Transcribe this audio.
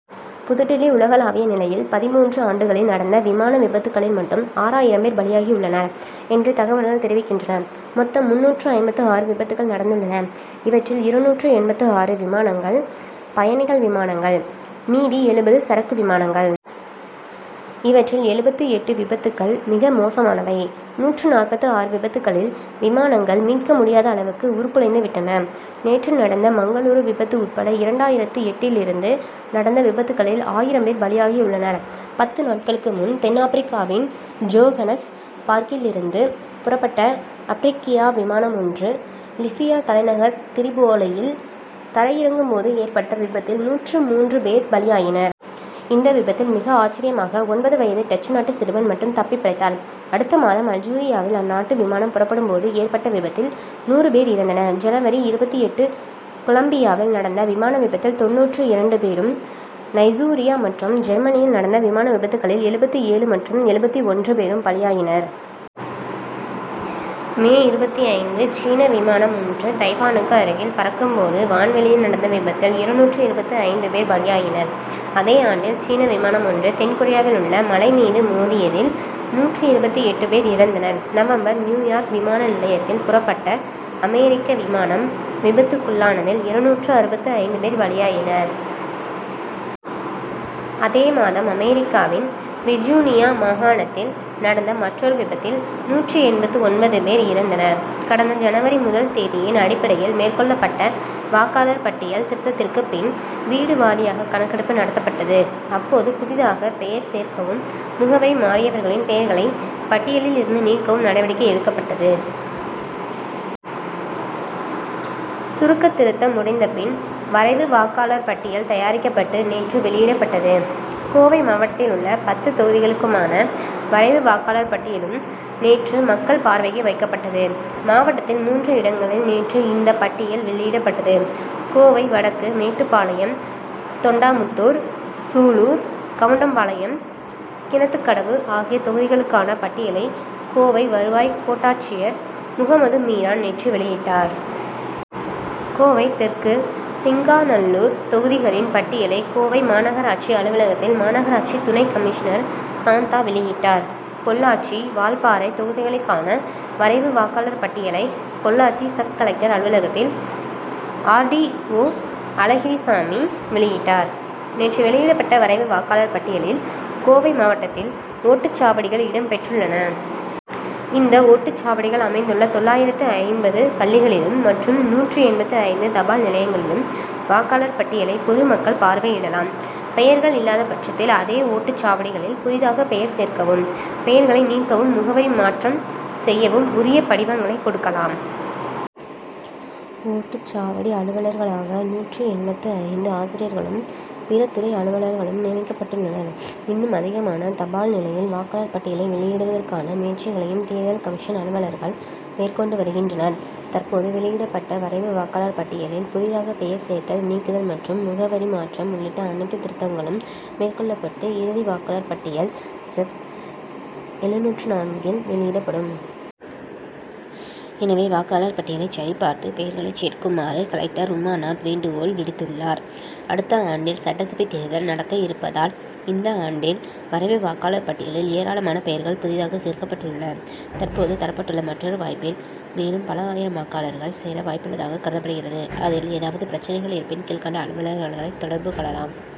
புதுடில்லி உலகளாவிய நிலையில், பதிமூன்று ஆண்டுகளில் நடந்த விமான விபத்துக்களில் மட்டும், ஆறாயிரம் பேர் பலியாகி உள்ளனர் என்று தகவல்கள் தெரிவிக்கின்றன. மொத்தம் முன்னூற்று ஐம்பத்து ஆறு விபத்துக்கள் நடந்துள்ளன. இவற்றில் இருநூற்று எண்பத்து ஆறு விமானங்கள், பயணிகள் விமானங்கள். மீதி எழுபது சரக்கு விமானங்கள். இவற்றில் எழுபத்து எட்டு விபத்துக்கள் மிக மோசமானவை. நூற்று நாற்பத்து ஆறு விபத்துக்களில், விமானங்கள் மீட்க முடியாத அளவுக்கு, உருக்குலைந்து விட்டன. நேற்று நடந்த மங்களூரு விபத்து உட்பட இரண்டாயிரத்து எட்டிலிருந்து நடந்த விபத்துக்களில் ஆயிரம் பேர் பலியாகியுள்ளனர். பத்து நாட்களுக்கு முன், தென்னாப்ரிக்காவின் ஜோகன்னஸ் பர்க்கிலிருந்து புறப்பட்ட அப்ரிக்கியா விமானம் ஒன்று லிபியா தலைநகர் திரிபோலியில் தரையிறங்கும் போது ஏற்பட்ட விபத்தில் நூற்று மூன்று பேர் பலியாயினர். இந்த விபத்தில் மிக ஆச்சரியமாக, ஒன்பது வயது டச்சு நாட்டு சிறுவன் மட்டும் தப்பி பிழைத்தான். அடுத்த மாதம், அல்ஜீரியாவில் அந்நாட்டு விமானம் புறப்படும் போது ஏற்பட்ட விபத்தில் நூறு பேர் இறந்தனர். ஜனவரி இருபத்தெட்டு கொலம்பியாவில் நடந்த விமான விபத்தில் தொண்ணூற்று இரண்டு பேரும், நைஜீரியா மற்றும் ஜெர்மனியில் நடந்த விமான விபத்துக்களில், எழுபத்து ஏழு மற்றும் எழுபத்து ஒன்று பேரும் பலியாயினர். மே இருபத்து ஐந்து சீன விமானம் ஒன்று தைவானுக்கு அருகில் பறக்கும் போது, வான்வெளியில் நடந்த விபத்தில், இருநூற்று இருபத்து ஐந்து பேர் பலியாயினர். அதே ஆண்டில், சீன விமானம் ஒன்று தென்கொரியாவிலுள்ள மலை மீது மோதியதில் நூற்று இருபத்து எட்டு பேர் இறந்தனர். நவம்பர் நியூயார்க் விமான நிலையத்தில் புறப்பட்ட அமெரிக்க விமானம் விபத்துக்குள்ளானதில், இருநூற்று அறுபத்து ஐந்து பேர் பலியாயினர். அதே மாதம் அமெரிக்காவின் விர்ஜீனியா மாகாணத்தில் நடந்த மற்றொரு விபத்தில், நூற்று எண்பத்து ஒன்பது பேர் இறந்தனர். கடந்த ஜனவரி முதல் தேதியின் அடிப்படையில் மேற்கொள்ளப்பட்ட வாக்காளர் பட்டியல் திருத்தத்திற்குப் பின், வீடு வாரியாக கணக்கெடுப்பு நடத்தப்பட்டது. அப்போது, புதிதாக பெயர் சேர்க்கவும், முகவரி மாறியவர்களின் பெயர்களைப் பட்டியலில் இருந்து நீக்கவும் நடவடிக்கை எடுக்கப்பட்டது. சுருக்க திருத்தம் முடிந்தபின், வரைவு வாக்காளர் பட்டியல் தயாரிக்கப்பட்டு, நேற்று வெளியிடப்பட்டது. கோவை மாவட்டத்திலுள்ள பத்து தொகுதிகளுக்குமான வரைவு வாக்காளர் பட்டியலும் நேற்று மக்கள் பார்வைக்கு வைக்கப்பட்டது. மாவட்டத்தில் மூன்று இடங்களில் நேற்று இந்த பட்டியல் வெளியிடப்பட்டது. கோவை வடக்கு, மேட்டுப்பாளையம், தொண்டாமுத்தூர், சூலூர், கவுண்டம் பாளையம், கிணத்துக்கடவு ஆகிய தொகுதிகளுக்கான பட்டியலை, கோவை வருவாய் கோட்டாட்சியர் முகம்மது மீரான் நேற்று வெளியிட்டார். கோவை தெற்கு, சிங்காநல்லூர் தொகுதிகளின் பட்டியலை, கோவை மாநகராட்சி அலுவலகத்தில் மாநகராட்சி துணை கமிஷனர் சாந்தா வெளியிட்டார். பொள்ளாச்சி, வால்பாறை தொகுதிகளுக்கான வரைவு வாக்காளர் பட்டியலை, பொள்ளாச்சி சப்-கலெக்டர் அலுவலகத்தில் ஆர். டி. ஓ. அழகிரிசாமி வெளியிட்டார். நேற்று வெளியிடப்பட்ட வரைவு வாக்காளர் பட்டியலில் கோவை மாவட்டத்தில் ஓட்டுச்சாவடிகள் இடம் பெற்றுள்ளன. இந்த ஓட்டு சாவடிகள் அமைந்துள்ள தொள்ளாயிரத்து ஐம்பது பள்ளிகளிலும் மற்றும் நூற்று எண்பத்து ஐந்து தபால் நிலையங்களிலும் வாக்காளர் பட்டியலை பொது மக்கள் பார்வையிடலாம். பெயர்கள் இல்லாதபட்சத்தில் அதே ஓட்டுச் சாவடிகளில் புதிதாக பெயர் சேர்க்கவும் பெயர்களை நீக்கவும் முகவரி மாற்றம் செய்யவும் உரிய படிவங்களைக் கொடுக்கலாம். ஓட்டுச்சாவடி அலுவலர்களாக நூற்று எண்பத்து ஐந்து ஆசிரியர்களும் பிற துறை அலுவலர்களும் நியமிக்கப்பட்டுள்ளனர். இன்னும் அதிகமான தபால் நிலையில் வாக்காளர் பட்டியலை வெளியிடுவதற்கான முயற்சிகளையும் தேர்தல் கமிஷன் அலுவலர்கள் மேற்கொண்டு வருகின்றனர். தற்போது வெளியிடப்பட்ட வரைவு வாக்காளர் பட்டியலில் புதிதாக பெயர் சேர்த்தல், நீக்குதல் மற்றும் முகவரி மாற்றம் உள்ளிட்ட அனைத்துத் திருத்தங்களும் மேற்கொள்ளப்பட்டு, இறுதி வாக்காளர் பட்டியல் செப் எழுநூற்று நான்கு இல் வெளியிடப்படும். எனவே வாக்காளர் பட்டியலைச் சரி பார்த்து, பெயர்களைச் சேர்க்குமாறு கலெக்டர் உமாநாத் வேண்டுகோள் விடுத்துள்ளார். அடுத்த ஆண்டில் சட்டசபைத் தேர்தல் நடக்க இருப்பதால், இந்த ஆண்டில் வரைவு வாக்காளர் பட்டியலில் ஏராளமான பெயர்கள் புதிதாகச் சேர்க்கப்பட்டுள்ளன. தற்போது தரப்பட்டுள்ள மற்றொரு வாய்ப்பில் மேலும் பல ஆயிரம் வாக்காளர்கள் சேர வாய்ப்புள்ளதாகக் கருதப்படுகிறது. அதில் ஏதாவது பிரச்னைகள் இருப்பின் கீழ்க்கண்ட அலுவலர்களை தொடர்பு கொள்ளலாம்.